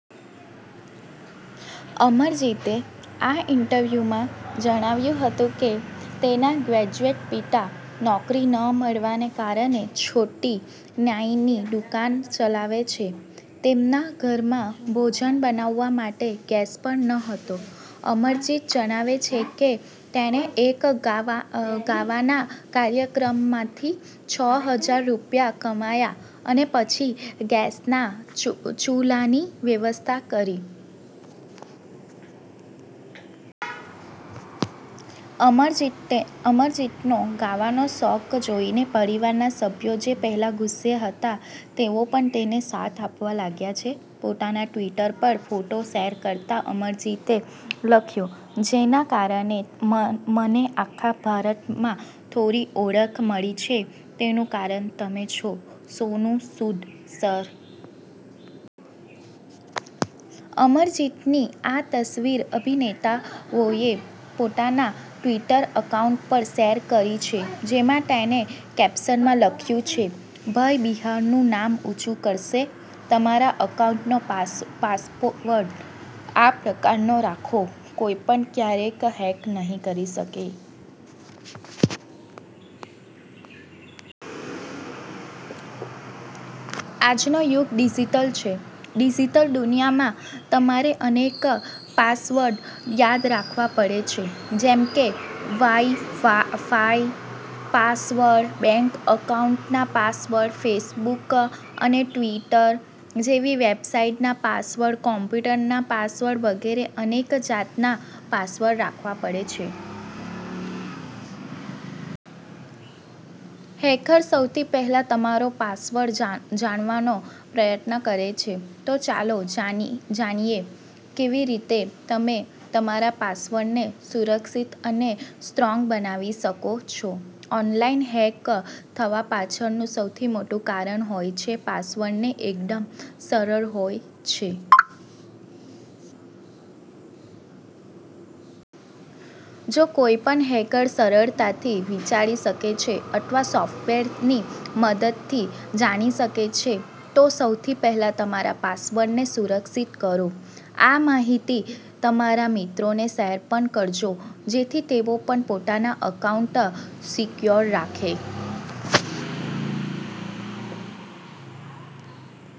અમરજીતે આ ઈન્ટરવ્યુમાં જણાવ્યું હતું કે તેના ગ્રેજ્યુએટ પિતા નોકરી ન મળવાને કારણે છોટી નાઈની દુકાન ચલાવે છે. તેમના ઘરમાં ભોજન બનાવા માટે ગેસ પણ ન હતો. અમરજીત જણાવે છે કે તેણે એક ગાવાના કાર્યક્રમમાંથી છ હજાર રૂપિયા કમાયા અને પછી ગેસના ચૂલાની વ્યવસ્થા કરી. અમરજીતનો ગાવાનો શોખ જોઈને પરિવારના સભ્યો જે પહેલા ગુસ્સે હતા તેઓ પણ તેને સાથ આપવા લાગ્યા છે. પોતાના ટ્વિટર પર ફોટો શેર કરતા અમરજીતે લખ્યું જેના કારણે મને આખા ભારતમાં થોડી ઓળખ મળી છે, તેનું કારણ તમે છો સોનુ સૂદ સર. અમરજીતની આ તસવીર અભિનેતાએ પોતાના ટ્વિટર એકાઉન્ટ પર શેર કરી છે. જેમાં તેણે કેપ્શનમાં લખ્યું છે- ભાઈ બિહારનું નામ ઉંચું કરશે. તમારા એકાઉન્ટનો પાસવર્ડ આ પ્રકારનો રાખો- કોઇપણ ક્યારેય હેક નહી કરી શકે. આજનો નો યુગ ડિજીટલ છે. ડિજીટલ દુનીયા માં તમારે અનેક પાસવર્ડ યાદ રાખવા પડે છે. જેમ કે વાઈ-ફાઈ પાસવર્ડ, બેંક એકાઉન્ટ ના પાસવર્ડ, ફેસબુક અને ટ્વીટર જેવી વેબસાઈટ ના પાસવર્ડ, કોમ્પ્યુટર ના પાસવર્ડ વગેરે અનેક જાત ના પાસવર્ડ રાખવા પડે છે. હેકર સૌથી પહેલા તમારો પાસવર્ડ જાણવાનો પ્રયત્ન કરે છે. તો ચાલો જાણીએ કેવી રીતે તમે તમારા પાસવર્ડ ને સુરક્ષીત અને સ્ટ્રોંગ બનાવી શકો છો. ઓનલાઈન હેક થવા પાછળ નું સૌથી મોટું કારણ હોય છે પાસવર્ડ ને એકદમ સરળ હોય છે. જે કોઈ પણ હેકર સરળતાથી વિચારી શકે છે અથવા સોફ્ટવેર ની મદદ થી જાણી શકે છે. તો સૌથી પેહલા તમારા પાસવર્ડ ને સુરક્ષીત કરો. આ માહિતી તમારા મિત્રોને શેર પણ કરજો જેથી તેઓ પણ પોતાના એકાઉન્ટ સિકયોર રાખે.